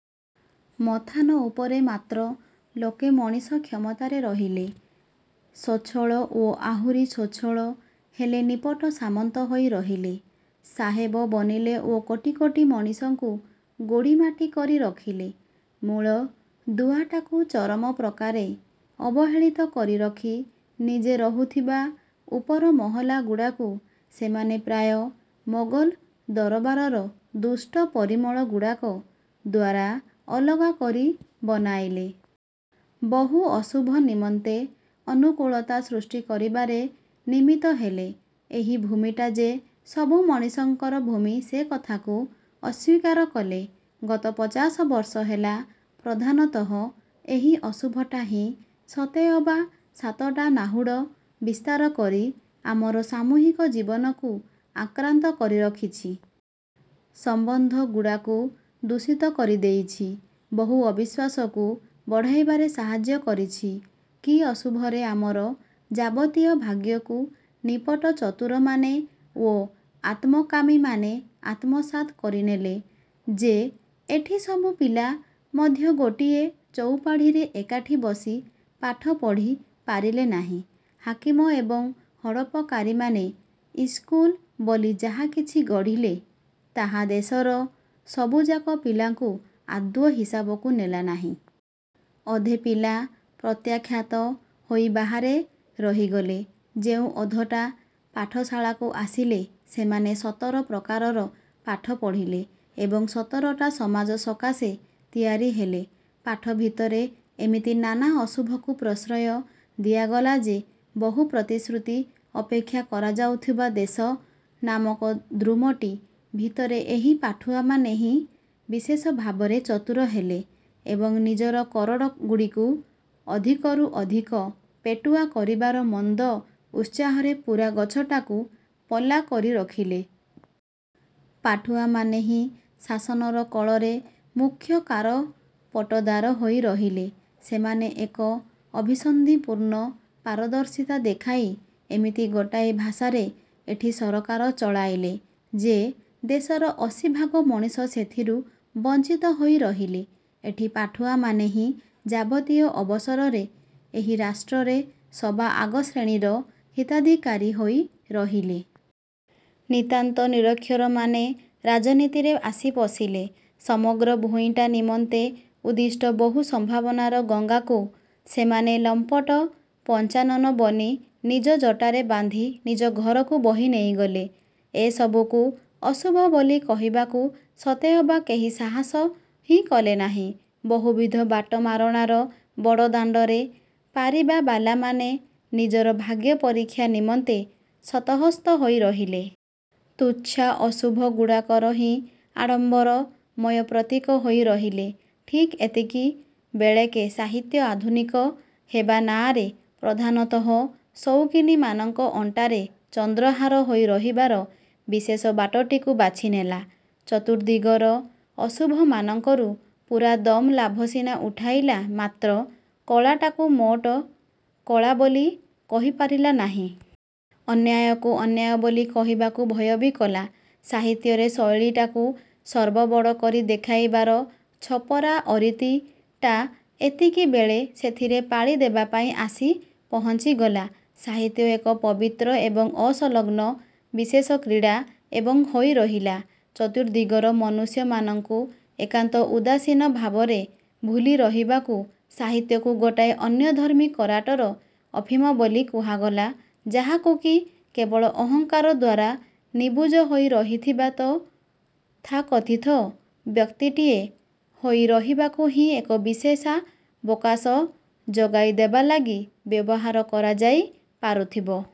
ମଥାନ ଉପରେ ମାତ୍ର ଲୋକେ ମଣିଷ କ୍ଷମତାରେ ରହିଲେ। ସୋଛଳ ଓ ଆହୁରି ସୋଛଳ ହେଲେ ନିପଟ ସାମନ୍ତ ହୋଇ ରହିଲେ । ସାହେବ ବନିଲେ ଓ କୋଟି କୋଟି ମଣିଷଙ୍କୁ ଗୋଡ଼ି ମାଟି କରି ରଖିଲେ। ମୂଳଦୁଆଟାକୁ ଚରମ ପ୍ରକାରେ ଅବହେଳିତ କରି ରଖି, ନିଜେ ରହୁଥିବା ଉପର ମହଲାଗୁଡ଼ାକୁ ସେମାନେ ପ୍ରାୟ ମୋଗଲ ଦରବାରର ଦୁଷ୍ଟ ପରିମଳଗୁଡ଼ାକ ଦ୍ଵାରା ଅଲଗା କରି ବନାଇଲେ। ବହୁ ଅଶୁଭ ନିମନ୍ତେ ଅନୁକୂଳତା ସୃଷ୍ଟି କରିବାରେ ନିମିତ୍ତ ହେଲେ। ଏହି ଭୂମିଟା ଯେ ସବୁ ମଣିଷଙ୍କର ଭୂମି ସେ କଥାକୁ ଅସ୍ୱୀକାର କଲେ। ଗତ ପଚାଶ ବର୍ଷ ହେଲା ପ୍ରଧାନତଃ ଏହି ଅଶୁଭଟା ହିଁ ସତେଅବା ସାତଟା ନାହୁଡ଼ ବିସ୍ତାର କରି ଆମର ସାମୂହିକ ଜୀବନକୁ ଆକ୍ରାନ୍ତ କରି ରଖିଛି। ସମ୍ବନ୍ଧଗୁଡ଼ାକୁ ଦୂଷିତ କରିଦେଇଛି, ବହୁ ଅବିଶ୍ୱାସକୁ ବଢ଼ାଇବାରେ ସାହାଯ୍ୟ କରିଛି। କି ଅଶୁଭରେ ଆମର ଯାବତୀୟ ଭାଗ୍ୟକୁ ନିପଟ ଚତୁରମାନେ ଓ ଆତ୍ମକାମୀମାନେ ଆତ୍ମସାତ୍ କରିନେଲେ ,ଯେ ଏଠି ସବୁ ପିଲା ମଧ୍ୟ ଗୋଟିଏ ଚଉପାଢ଼ୀରେ ଏକାଠି ବସି ପାଠ ପଢ଼ି ପାରିଲେ ନାହିଁ। ହାକିମ ଏବଂ ହଡ଼ପକାରୀମାନେ ଇସ୍କୁଲ ବୋଲି ଯାହା କିଛି ଗଢ଼ିଲେ, ତାହା ଦେଶର ସବୁଯାକ ପିଲାଙ୍କୁ ଆଦୌ ହିସାବକୁ ନେଲା ନାହିଁ। ଅଧେ ପିଲା ପ୍ରତ୍ୟାଖ୍ୟାତ ହୋଇ ବାହାରେ ରହିଗଲେ। ଯେଉଁ ଅଧଟା ପାଠଶାଳାକୁ ଆସିଲେ, ସେମାନେ ସତର ପ୍ରକାରର ପାଠ ପଢ଼ିଲେ ଏବଂ ସତରଟା ସମାଜ ସକାଶେ ତିଆରି ହେଲେ। ପାଠ ଭିତରେ ଏମିତି ନାନା ଅଶୁଭକୁ ପ୍ରଶ୍ରୟ ଦିଆଗଲା ଯେ ବହୁ ପ୍ରତିଶ୍ରୁତି ଅପେକ୍ଷା କରାଯାଉଥିବା ଦେଶ ନାମକ ଦ୍ରୂମଟି ଭିତରେ ଏହି ପାଠୁଆମାନେ ହିଁ ବିଶେଷଭାବରେ ଚତୁର ହେଲେ ଏବଂ ନିଜର କୋରଡ଼ଗୁଡ଼ିକୁ ଅଧିକରୁ ଅଧିକ ପେଟୁଆ କରିବାର ମନ୍ଦ ଉତ୍ସାହରେ ପୂରା ଗଛଟାକୁ ପୋଲା କରି ରଖିଲେ। ପାଠୁଆମାନେ ହିଁ ଶାସନର କଳରେ ମୁଖ୍ୟ କାରପଟଦାର ହୋଇ ରହିଲେ। ସେମାନେ ଏକ ଅଭିସନ୍ଧିପୂର୍ଣ୍ଣ ପାରଦର୍ଶିତା ଦେଖାଇ ଏମିତି ଗୋଟାଏ ଭାଷାରେ ଏଠି ସରକାର ଚଳାଇଲେ ଯେ, ଦେଶର ଅଶୀଭାଗ ମଣିଷ ସେଥିରୁ ବଂଚିତ ହୋଇ ରହିଲେ। ଏଠି ପାଠୁଆମାନେ ହିଁ ଯାବତୀୟ ଅବସରରେ ଏହି ରାଷ୍ଟ୍ରରେ ସବାଆଗ ଶ୍ରେଣୀର ହିତାଧିକାରୀ ହୋଇ ରହିଲେ। ନିତାନ୍ତ ନିରକ୍ଷରମାନେ ରାଜନୀତିରେ ଆଶି ପଶିଲେ, ସମଗ୍ର ଭୂଇଁଟା ନିମନ୍ତେ ଉଦ୍ଦିଷ୍ଟ ବହୁ ସମ୍ଭାବନାର ଗଙ୍ଗାକୁ ସେମାନେ ଲମ୍ପଟ ପଞ୍ଚାନନ ବନି ନିଜ ଜଟାରେ ବାନ୍ଧି ନିଜ ଘରକୁ ବୋହି ନେଇଗଲେ। ଏସବୁକୁ ଅଶୁଭ ବୋଲି କହିବାକୁ ସତେଅବା କେହି ସାହସ ହିଁ କଲେନାହିଁ। ବହୁବିଧ ବାଟମାରଣାର ବଡ଼ଦାଣ୍ଡରେ ପାରିବାବାଲାମାନେ ନିଜର ଭାଗ୍ୟପରୀକ୍ଷା ନିମନ୍ତେ ଶତହସ୍ତ ହୋଇ ରହିଲେ। ତୁଚ୍ଛା ଅଶୁଭଗୁଡ଼ାକର ହିଁ ଆଡ଼ମ୍ବରମୟ ପ୍ରତୀକ ହୋଇ ରହିଲେ। ଠିକ୍ ଏତିକିବେଳେକେ ସାହିତ୍ୟ ଆଧୁନିକ ହେବା ନାଆଁରେ ପ୍ରଧାନତଃ ସଉକିନୀମାନଙ୍କ ଅଣ୍ଟାରେ ଚନ୍ଦ୍ରହାର ହୋଇ ରହିବାର ବିଶେଷ ବାଟଟିକୁ ବାଛିନେଲା। ଚତୁର୍ଦ୍ଦିଗର ଅଶୁଭମାନଙ୍କରୁ ପୂରାଦମ୍ ଲାଭ ସିନା ଉଠାଇଲା, ମାତ୍ର କଳାଟାକୁ ମୋଟ କଳା ବୋଲି କହିପାରିଲା ନାହିଁ। ଅନ୍ୟାୟକୁ ଅନ୍ୟାୟ ବୋଲି କହିବାକୁ ଭୟ ବି କଲା। ସାହିତ୍ୟରେ ଶୈଳୀଟାକୁ ସର୍ବବଡ଼ କରି ଦେଖାଇବାର ଛୋପରା ଅରୀତିଟା ଏତିକିବେଳେ ସେଥିରେ ପାଳି ଦେବାପାଇଁ ଆସି ପହଞ୍ଚିଗଲା। ସାହିତ୍ୟ ଏକ ପବିତ୍ର ଏବଂ ଅସଂଲଗ୍ନ ବିଶେଷ କ୍ରୀଡ଼ା ଏବଂ ହୋଇ ରହିଲା। ଚତୁର୍ଦ୍ଦିଗର ମନୁଷ୍ୟମାନଙ୍କୁ ଏକାନ୍ତ ଉଦାସୀନ ଭାବରେ ଭୁଲି ରହିବାକୁ ସାହିତ୍ୟକୁ ଗୋଟାଏ ଅନ୍ୟଧର୍ମୀ କରାଟର ଅଫିମ ବୋଲି କୁହାଗଲା, ଯାହାକୁ କି କେବଳ ଅହଙ୍କାର ଦ୍ଵାରା ନିବୁଜ ହୋଇ ରହିଥିବା ତଥାକଥିତ ବ୍ୟକ୍ତିଟିଏ ହୋଇ ରହିବାକୁ ହିଁ ଏକ ବିଶେଷାବକାଶ ଯୋଗାଇ ଦେବାଲାଗି ବ୍ୟବହାର କରାଯାଇ ପାରୁଥିବ।